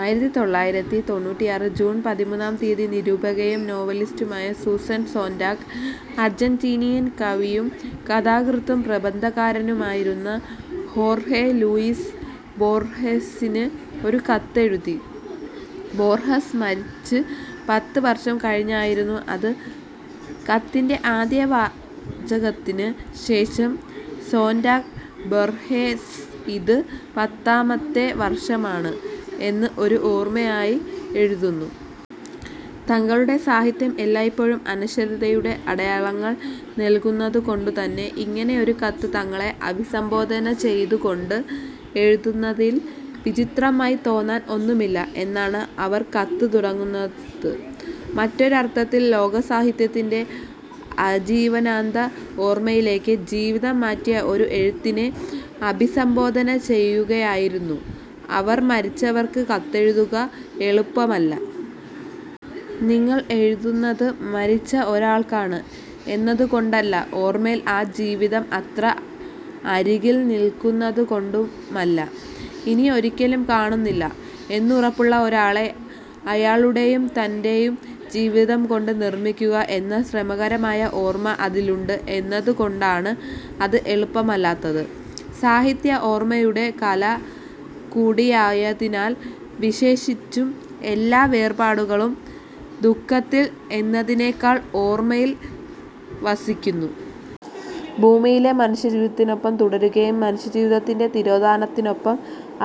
ആയിരത്തി തൊള്ളായിരത്തി തൊണ്ണൂറ്റിയാറ് ജൂൺ പതിമൂന്നാം തീയതി നിരൂപകയും നോവലിസ്റ്റുമായ സൂസൻ സോന്റാഗ് അർജന്റീനിയൻ കവിയും കഥാകൃത്തും പ്രബന്ധകാരനുമായിരുന്ന ഹോർഹെ ലൂയിസ് ബോർഹെസിന് ഒരു കത്ത് എഴുതി. ബോർഹെസ് മരിച്ച് പത്ത് വർഷം കഴിഞ്ഞായിരുന്നു അത്. കത്തിൻ്റെ ആദ്യത്തെ വാചകത്തിന് ശേഷം സോന്റാഗ് ബോർഹെസ്സ് ഇത് പത്താമത്തെ വർഷമാണ് എന്ന് ഒരു ഓർമയായി എഴുതുന്നു. താങ്കളുടെ സാഹിത്യം എല്ലായ്പ്പോഴും അനശ്വരതയുടെ അടയാളങ്ങൾ നൽകുന്നതുകൊണ്ടുതന്നെ ഇങ്ങനെ ഒരു കത്ത് താങ്കളെ അഭിസംബോധന ചെയ്തുകൊണ്ട് എഴുതുന്നതിൽ വിചിത്രമായി തോന്നാൻ ഒന്നുമില്ല എന്നാണ് അവർ കത്ത് തുടങ്ങുന്നത്. മറ്റൊരർഥത്തിൽ ലോകസാഹിത്യത്തിൻ്റെ ആജീവനാന്ത ഓർമയിലേക്ക് ജീവിതം മാറ്റിയ ഒരു എഴുത്തിനെ അഭിസംബോധന ചെയ്യുകയായിരുന്നു അവർ. മരിച്ചവർക്ക് കത്തെഴുതുക എളുപ്പമല്ല. നിങ്ങൾ എഴുതുന്നത് മരിച്ച ഒരാൾക്കാണ് എന്നതുകൊണ്ടല്ല. ഓർമയിൽ ആ ജീവിതം അത്ര അരികിൽ നിൽക്കുന്നതുകൊണ്ടുമല്ല. ഇനി ഒരിക്കലും കാണുന്നില്ല എന്നുറപ്പുള്ള ഒരാളെ അയാളുടെയും തൻ്റെയും ജീവിതംകൊണ്ട് നിർമിക്കുക എന്ന ശ്രമകരമായ ഓർമ അതിലുണ്ട് എന്നതുകൊണ്ടാണ് അത് എളുപ്പമല്ലാത്തത്. സാഹിത്യം ഓർമയുടെ കല കൂടിയായതിനാൽ വിശേഷിച്ചും. എല്ലാ വേർപാടുകളും ദുഃഖത്തിൽ എന്നതിനെക്കാൾ ഓർമയിൽ വസിക്കുന്നു. ഭൂമിയിലെ മനുഷ്യജീവിതത്തിനൊപ്പം തുടരുകയും മനുഷ്യജീവിതത്തിൻ്റെ തിരോധാനത്തിനൊപ്പം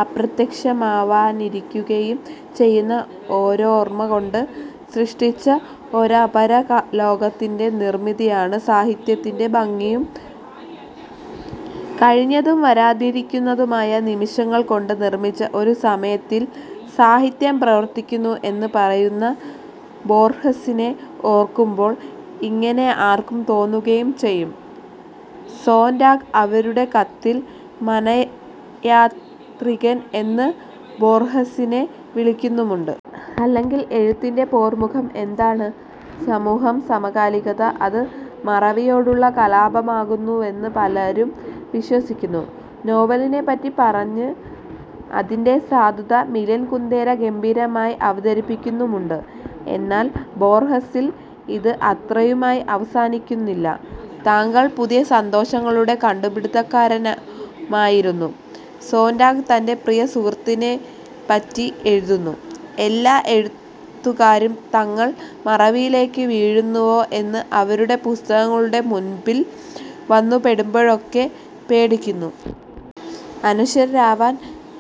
അപ്രത്യക്ഷമാവാനിരിക്കുകയും ചെയ്യുന്ന ഒരോർമകൊണ്ട് സൃഷ്ടിച്ച ഒരപരലോകത്തിൻ്റെ നിർമിതിയാണ് സാഹിത്യത്തിൻ്റെ ഭംഗിയും. കഴിഞ്ഞതും വരാനിരിക്കുന്നതുമായ നിമിഷങ്ങൾകൊണ്ട് നിർമിച്ച ഒരു സമയത്തിൽ സാഹിത്യം പ്രവർത്തിക്കുന്നു എന്ന് പറയുന്ന ബോർഹെസിനെ ഓർക്കുമ്പോൾ ഇങ്ങനെ ആർക്കും തോന്നുകയും ചെയ്യും. സോന്റാഗ് അവരുടെ കത്തിൽ മനയാത്രികൻ എന്ന് ബോർഹെസിനെ വിളിക്കുന്നുമുണ്ട്. അല്ലെങ്കിൽ എഴുത്തിൻ്റെ പോർമുഖം എന്താണ്. സമൂഹം. സമകാലികത. അത് മറവിയോടുള്ള കലാപമാകുന്നുവെന്ന് പലരും വിശ്വസിക്കുന്നു. നോവലിനെപ്പറ്റി പറഞ്ഞ് അതിൻ്റെ സാധുത മിലൻ കുന്ദേര ഗംഭീരമായി അവതരിപ്പിക്കുന്നുമുണ്ട്. എന്നാൽ ബോർഹെസിൽ ഇത് അത്രയുമായി അവസാനിക്കുന്നില്ല. താങ്കൾ പുതിയ സന്തോഷങ്ങളുടെ കണ്ടുപിടുത്തക്കാരനുമായിരുന്നു. സോന്റാഗ് തൻ്റെ പ്രിയ സുഹൃത്തിനെപ്പറ്റി എഴുതുന്നു. എല്ലാ എഴുത്തുകാരും തങ്ങൾ മറവിയിലേക്ക് വീഴുന്നുവോ എന്ന് അവരുടെ പുസ്തകങ്ങളുടെ മുമ്പിൽ വന്നുപെടുമ്പോഴൊക്കെ പേടിക്കുന്നു. അനശ്വരരാവാൻ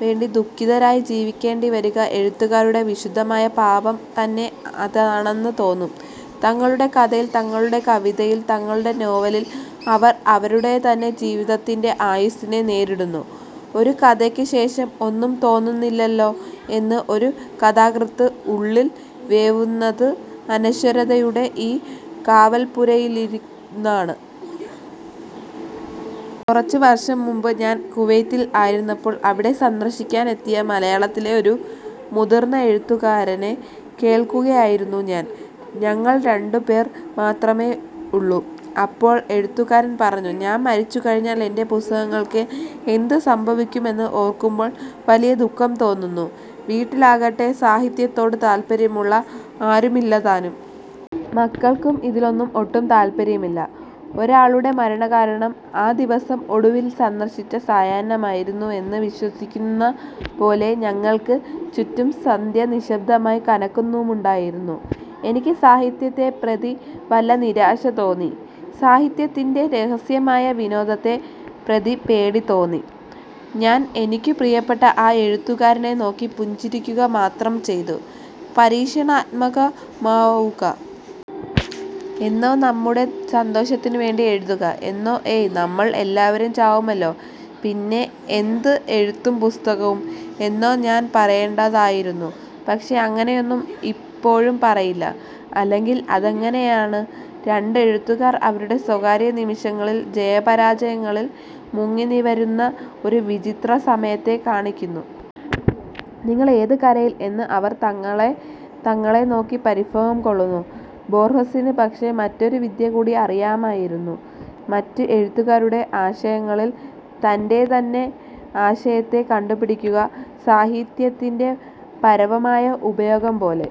വേണ്ടി ദുഃഖിതരായി ജീവിക്കേണ്ടിവരിക എഴുത്തുകാരുടെ വിശുദ്ധമായ പാപം തന്നെ അതാണെന്ന് തോന്നും. തങ്ങളുടെ കഥയിൽ തങ്ങളുടെ കവിതയിൽ തങ്ങളുടെ നോവലിൽ അവർ അവരുടെതന്നെ ജീവിതത്തിൻ്റെ ആയുസ്സിനെ നേരിടുന്നു. ഒരു കഥയ്ക്ക് ശേഷം ഒന്നും തോന്നുന്നില്ലല്ലോ എന്ന് ഒരു കഥാകൃത്ത് ഉള്ളിൽ വേവുന്നത് അനശ്വരതയുടെ ഈ കാവൽപ്പുരയിലിരുന്നാണ്. കുറച്ചു വർഷംമുമ്പ് ഞാൻ കുവൈത്തിൽ ആയിരുന്നപ്പോൾ അവിടെ സന്ദർശിക്കാനെത്തിയ മലയാളത്തിലെ ഒരു മുതിർന്ന എഴുത്തുകാരനെ കേൾക്കുകയായിരുന്നു ഞാൻ. ഞങ്ങൾ രണ്ടുപേർ മാത്രമേയുള്ളൂ അപ്പോൾ. എഴുത്തുകാരൻ പറഞ്ഞു. ഞാൻ മരിച്ചു കഴിഞ്ഞാൽ എൻ്റെ പുസ്തകങ്ങൾക്ക് എന്ത് സംഭവിക്കുമെന്ന് ഓർക്കുമ്പോൾ വലിയ ദുഃഖം തോന്നുന്നു. വീട്ടിലാകട്ടെ സാഹിത്യത്തോട് താൽപ്പര്യമുള്ള ആരുമില്ലതാനും. മക്കൾക്കും ഇതിലൊന്നും ഒട്ടും താൽപ്പര്യമില്ല. ഒരാളുടെ മരണകാരണം ആ ദിവസം ഒടുവിൽ സന്ദർശിച്ച സായാഹ്നമായിരുന്നു എന്ന് വിശ്വസിക്കുന്നപോലെ ഞങ്ങൾക്ക് ചുറ്റും സന്ധ്യ നിശ്ശബ്ദമായി കനക്കുന്നുമുണ്ടായിരുന്നു. എനിക്ക് സാഹിത്യത്തെ പ്രതി വല്ലാത്ത നിരാശ തോന്നി. സാഹിത്യത്തിൻ്റെ രഹസ്യമായ വിനോദത്തെ പ്രതി പേടി തോന്നി. ഞാൻ എനിക്ക് പ്രിയപ്പെട്ട ആ എഴുത്തുകാരനെ നോക്കി പുഞ്ചിരിക്കുക മാത്രം ചെയ്തു. പരീക്ഷണാത്മകമാവുക എന്നോ നമ്മുടെ സന്തോഷത്തിനുവേണ്ടി എഴുതുക എന്നോ ഏയ് നമ്മൾ എല്ലാവരും ചാവുമല്ലോ പിന്നെ എന്ത് എഴുത്തും പുസ്തകവും എന്നോ ഞാൻ പറയേണ്ടതായിരുന്നു. പക്ഷേ അങ്ങനെയൊന്നും ഇപ്പോഴും പറയില്ല. അല്ലെങ്കിൽ അതങ്ങനെയാണ്. രണ്ട് എഴുത്തുകാർ അവരുടെ സ്വകാര്യ നിമിഷങ്ങളിൽ ജയപരാജയങ്ങളിൽ മുങ്ങിനിവരുന്ന ഒരു വിചിത്ര സമയത്തെ കാണിക്കുന്നു. നിങ്ങൾ ഏത് കരയിൽ എന്ന് അവർ തങ്ങളെ തങ്ങളെ നോക്കി പരിഭവം കൊള്ളുന്നു. ബോർഹെസിന് പക്ഷേ മറ്റൊരു വിദ്യ കൂടി അറിയാമായിരുന്നു. മറ്റ് എഴുത്തുകാരുടെ ആശയങ്ങളിൽ തൻ്റെതന്നെ ആശയത്തെ കണ്ടുപിടിക്കുക. സാഹിത്യത്തിൻ്റെ പരമമായ ഉപയോഗംപോലെ.